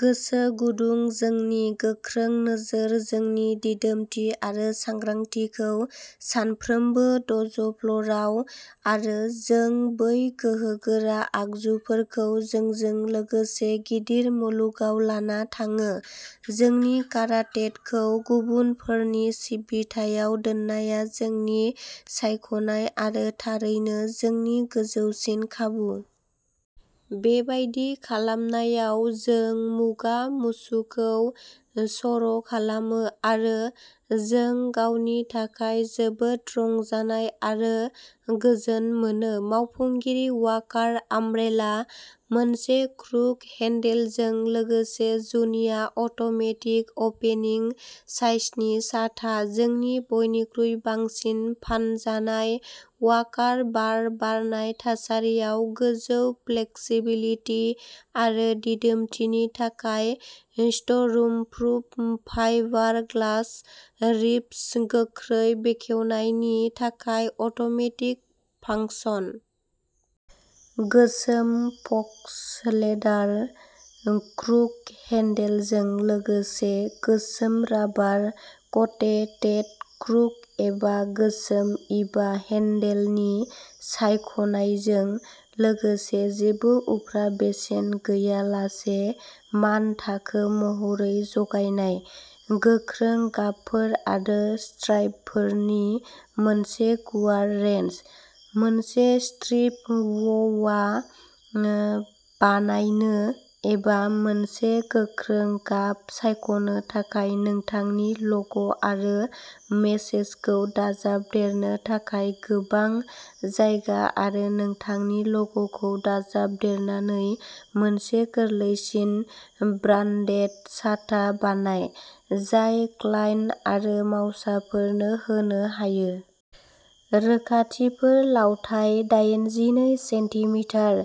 गोसो गुदुं, जोंनि गोख्रों नोजोर, जोंनि दिदोमथि आरो सांग्रांथिखौ सानफ्रोमबो द'ज'फ्ल'रआव। आरो जों बै गोहोगोरा आगजुफोरखौ जोंजों लोगोसे गिदिर मुलुगाव लाना थाङो। जोंनि काराटेडखौ गुबुनफोरनि सिबिथायाव दोननाया जोंनि सायख'नाय, आरो थारैनो, जोंनि गोजौसिन खाबु। बेबादि खालामनायाव, जों मुगा मुचुखौ सर'खालामो, आरो जों गावनि थाखाय जोबोद रंजानाय आरो गोजोन मोनो। मावफुंगिरि वाकार आमब्रेला। मोनसे क्रुक हेन्डेलजों लोगोसे जुनिया अट'मेटिक अपेनिं साइजनि साथा-जोंनि बयनिख्रुइ बांसिन फानजानाय वाकार बार बारनाय थासारियाव गोजौ फ्लेक्सिबिलिटि आरो दिदोमथिनि थाखाय स्टर्मप्रुफ फाइबारग्लास रिब्स, गोख्रै बेखेवनायनि थाखाय अट'मेटिक फांसन। गोसोम फक्स लेदार क्रुक हेन्डेलजों लोगोसे गोसोम राबार क'टेटेड क्रुक एबा गोसोम इभा हेन्डेलनि सायख'नायजों लोगोसे जेबो उफ्रा बेसेन गैयालासे मानथाखो महरै जगायनाय। गोख्रों गाबफोर आरो स्ट्राइपफोरनि मोनसे गुवार रेन्ज। मोनसे स्ट्रिप व'वा बानायनो एबा मोनसे गोख्रों गाब सायख'नो थाखाय नोंथांनि ल'ग' आरो मेसेजखौ दाजाबदेरनो थाखाय गोबां जायगा आरो नोंथांनि ल'ग'खौ दाजाबदेरनानै मोनसे गोरलैसिन, ब्रान्डेड साथा बानाय, जाय क्लाइन्ट आरो मावसाफोरनो होनो हायो। रोखाथिफोर लावथाइ दायेनजिनै सेन्टि मिटार।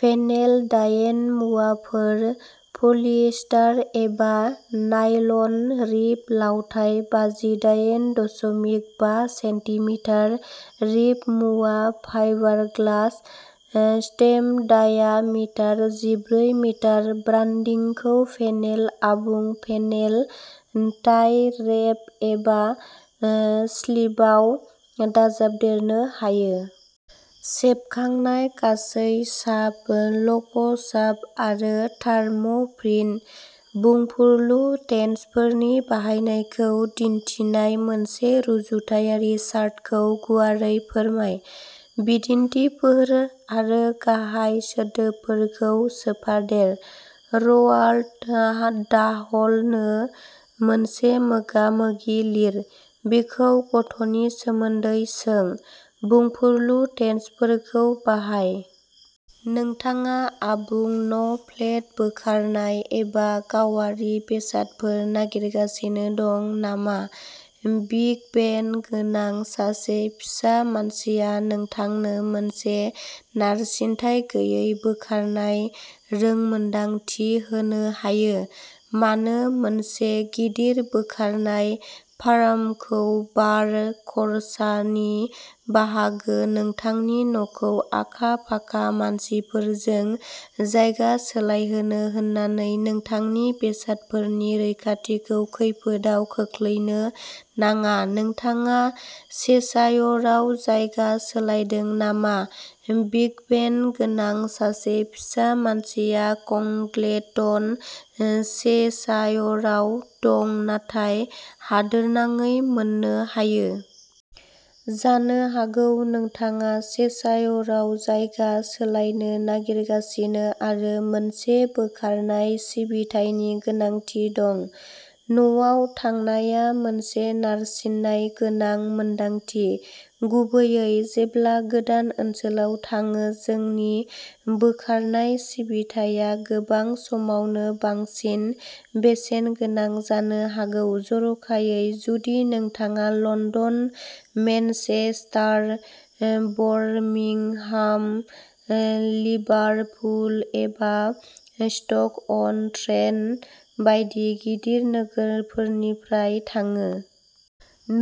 पेनेल दायेन मुवाफोर पलियेस्टार एबा नायल'न रिब लावथाइ बाजिदायेन दशमिक बा सेन्टि मिटार रिब मुवा फाइबारग्लास। स्टेम डाया मिटार जिब्रै मिटार ब्रान्डिंखौ पेनेल, आबुं पेनेल, टाइ रेप एबा स्लिभआव दाजाबदेरनो हायो। सेबखांनाय गासै साब, ल'ग साब आरो थार्म'प्रिन्ट। बुंफुरलु टेन्सफोरनि बाहायनायखौ दिन्थिनाय मोनसे रुजुथायारि चार्टखौ गुवारै फोरमाय। बिदिन्थिफोर आरो गाहाय सोदोबफोरखौ सोफादेर। र'आल्ड डाहलनो मोनसे मोगा-मोगि लिर। बिखौ गथ'नि सोमोन्दै सों। बुंफुरलु टेन्सफोरखौ बाहाय। नोंथाङा आबुं न' फ्लेट बोखारनाय एबा गावारि बेसादफोर नागिरगासिनो दं नामा, बिग भेन गोनां सासे फिसा मानसिया नोंथांनो मोनसे नारसिनथाय गैयै बोखारनाय रोंमोनदांथि होनो हायो। मानो मोनसे गिदिर बोखारनाय फार्मखौ भार खरसानि बाहागो नोंथांनि न'खौ आखा-फाखा मानसिफोरजों जायगा सोलायहोनो होनानै नोंथांनि बेसादफोरनि रैखाथिखौ खैफोदआव खोख्लैनो नाङा नोंथाङा चेशायरआव जायगा सोलायदों नामा बिग भेन गोनां सासे फिसा मानसिया कंग्लेटन, चेशायरआव दं नाथाय हादोरनाङै मोननो हायो। जानो हागौ नोंथाङा चेशायरआव जायगा सोलायनो नागिरगासिनो आरो मोनसे बोखारनाय सिबिथायनि गोनांथि दं। न'आव थांनाया मोनसे नारसिननाय गोनां मोनदांथि, गुबैयै जेब्ला गोदान ओनसोलाव थाङो जोंनि बोखारनाय सिबिथाया गोबां समावनो बांसिन बेसेन गोनां जानो हागौ, जर'खायै जुदि नोंथाङा लन्दन, मेनचेस्टार, बर्मिंहाम, लिभारपुल एबा स्ट'क-अन-ट्रेन्ट बायदि गिदिर नोगोरफोरनिफ्राय थाङो।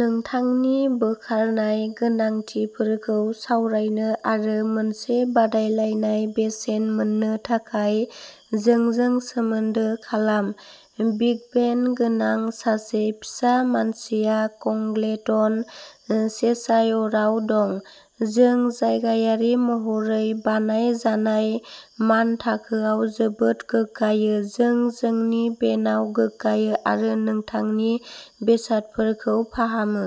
नोंथांनि बोखारनाय गोनांथिफोरखौ सावरायनो आरो मोनसे बादायलायनाय बेसेन मोननो थाखाय जोंजों सोमोन्दो खालाम। बिग भेन गोनां सासे फिसा मानसिया कंग्लेटन, चेशायरआव दं। जों जायगायारि महरै बानायजानाय मानथाखोआव जोबोद गोग्गायो जों जोंनि भेनआव गोग्गायो आरो नोंथांनि बेसादफोरखौ फाहामो।